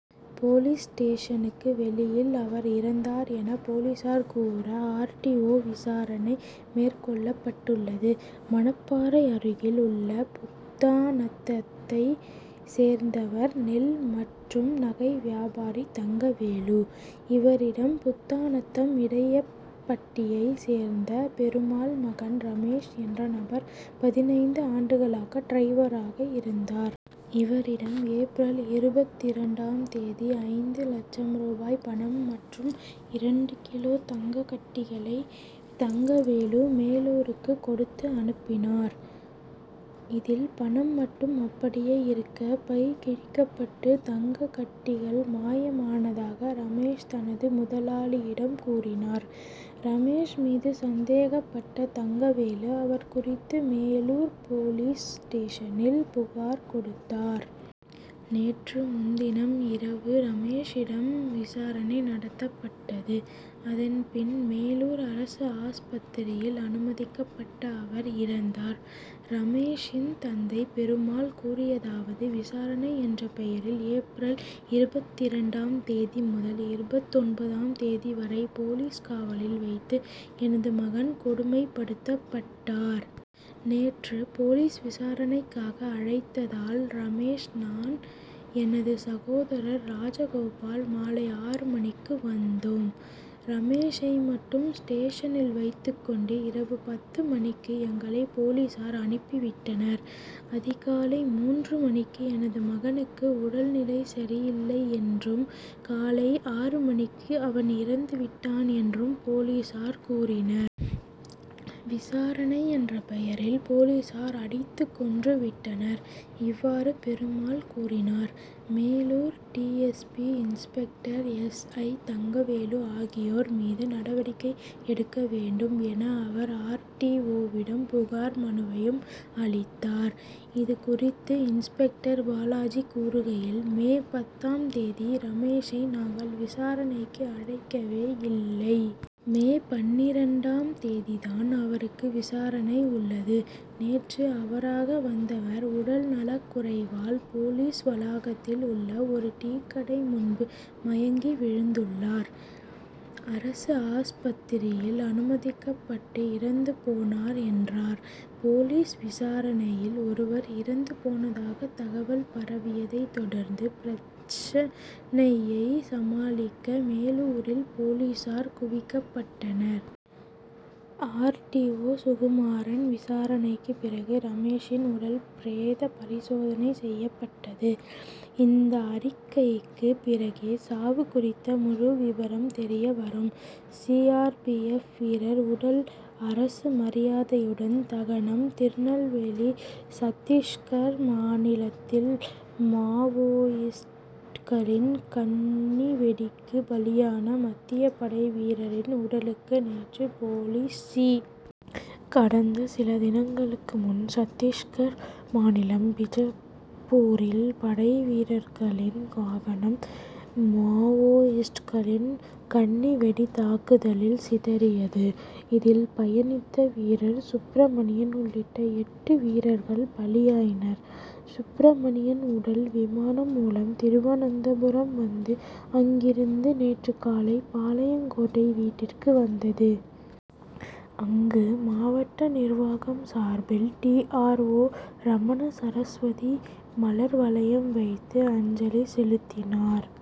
Police ஸ்டேஷனுக்கு வெளியில் அவர் இறந்தார் என போலீசார் கூற ஆர். டி. ஓ. விசாரணை மேற்கொள்ளப்பட்டுள்ளது. மணப்பாறை அருகில் உள்ள புத்தாநத்தத்தை சேர்ந்தவர் நெல் மற்றும் நகை வியாபாரி தங்கவேலு. இவரிடம் புத்தாநத்தம் இடையபட்டியை சேர்ந்த பெருமாள் மகன் ரமேஷ் என்ற நபர் பதினைந்து ஆண்டுகளாக டிரைவராக இருந்தார். இவரிடம் ஏப்ரல் இருபத்திரண்டாம் தேதி ஐந்து லட்சம் ரூபாய் பணம் மற்றும் இரண்டு கிலோ தங்க கட்டிகளை தங்கவேலு மேலூருக்கு கொடுத்து அனுப்பினார். இதில் பணம் மட்டும் அப்படியே இருக்க பை கிழிக்கப்பட்டு தங்க கட்டிகள் மாயமானதாக ரமேஷ் தனது முதலாளியிடம் கூறினார். ரமேஷ் மீது சந்தேகப்பட்ட தங்கவேலு அவர் குறித்து மேலூர் போலீஸ் ஸ்டேஷனில் புகார் கொடுத்தார். நேற்று முன்தினம் இரவு ரமேஷிடம் விசாரணை நடத்தப்பட்டது. அதன் பின் மேலூர் அரசு ஆஸ்பத்திரியில் அனுமதிக்கப்பட்ட அவர் இறந்தார். ரமேஷின் தந்தை பெருமாள் கூறியதாவது விசாரணை என்ற பெயரில் ஏப்ரல் இருபத்திரண்டாம் தேதி முதல் இருபத்தொன்பதாம் தேதி வரை போலீஸ் காவலில் வைத்து எனது மகன் கொடுமைப்படுத்தப்பட்டார். நேற்று போலீஸ் விசாரணைக்காக அழைத்ததால் ரமேஷ் நான் எனது சகோதரர் ராஜகோபால் மாலை ஆறு மணிக்கு வந்தோம். ரமேஷை மட்டும் ஸ்டேஷனில் வைத்துக் கொண்டு இரவு பத்து மணிக்கு எங்களை போலீசார் அனுப்பி விட்டனர். அதிகாலை மூன்று மணிக்கு எனது மகனுக்கு உடல் நிலை சரியில்லை என்றும் காலை ஆறு மணிக்கு அவன் இறந்து விட்டான் என்றும் போலீசார் கூறினர். விசாரணை என்ற பெயரில் போலீசார் அடித்து கொன்றுவிட்டனர். இவ்வாறு பெருமாள் கூறினார். Melur D. S. P. Inspector S. I. Thangavelu ஆகியோர் மீது நடவடிக்கை எடுக்க வேண்டும் என அவர் ஆர். டி. ஓ.விடம் புகார் மனுவையும் அளித்தார். இது குறித்து இன்ஸ்பெக்டர் பாலாஜி கூறுகையில் மே பத்தாம் தேதி ரமேஷை நாங்கள் விசாரணைக்கு அழைக்கவே இல்லை. மே பன்னிரண்டாம் தேதி தான் அவருக்கு விசாரணை உள்ளது. நேற்று அவராக வந்தவர் உடல் நலக்குறைவால் போலீஸ் வளாகத்தில் உள்ள ஒரு டீக்கடை முன்பு மயங்கி விழுந்துள்ளார். அரசு ஆஸ்பத்திரியில் அனுமதிக்கப்பட்டு இறந்து போனார் என்றார். போலீஸ் விசாரணையில் ஒருவர் இறந்து போனதாக தகவல் பரவியதை தொடர்ந்து பிரச்னையை சமாளிக்க மேலூரில் போலீசார் குவிக்கப்பட்டனர். ஆர். டி. ஓ. சுகுமாறன் விசாரணைக்கு பிறகு ரமேஷின் உடல் பிரேத பரிசோதனை செய்யப்பட்டது. இந்த அறிக்கைக்கு பிறகே சாவு குறித்த முழு விபரம் தெரிய வரும். சி. ஆர். பி. எப். வீரர் உடல் அரசு மரியாதையுடன் தகனம் திருநெல்வேலி சத்திஸ்கர் மாநிலத்தில் மாவோயிஸ்ட்களின் கண்ணிவெடிக்கு பலியான மத்திய படை வீரரின் உடலுக்கு நேற்று போலீஸ் சி. கடந்த சில தினங்களுக்கு முன் சத்திஸ்கர் மாநிலம் பிஜப்பூரில் படைவீரர்களின் வாகனம் மாவோயிஸ்ட்களின் கண்ணிவெடி தாக்குதலில் சிதறியது. இதில் பயணித்த வீரர் சுப்ரமணியன் உள்ளிட்ட எட்டு வீரர்கள் பலியாயினர். சுப்ரமணியன் உடல் விமானம் மூலம் திருவனந்தபுரம் வந்து அங்கிருந்து நேற்று காலை பாளையங்கோட்டை வீட்டிற்கு வந்தது. அங்கு மாவட்ட நிர்வாகம் சார்பில் டி. ஆர். ஓ. ரமணசரஸ்வதி மலர் வளையம் வைத்து அஞ்சலி செலுத்தினார்.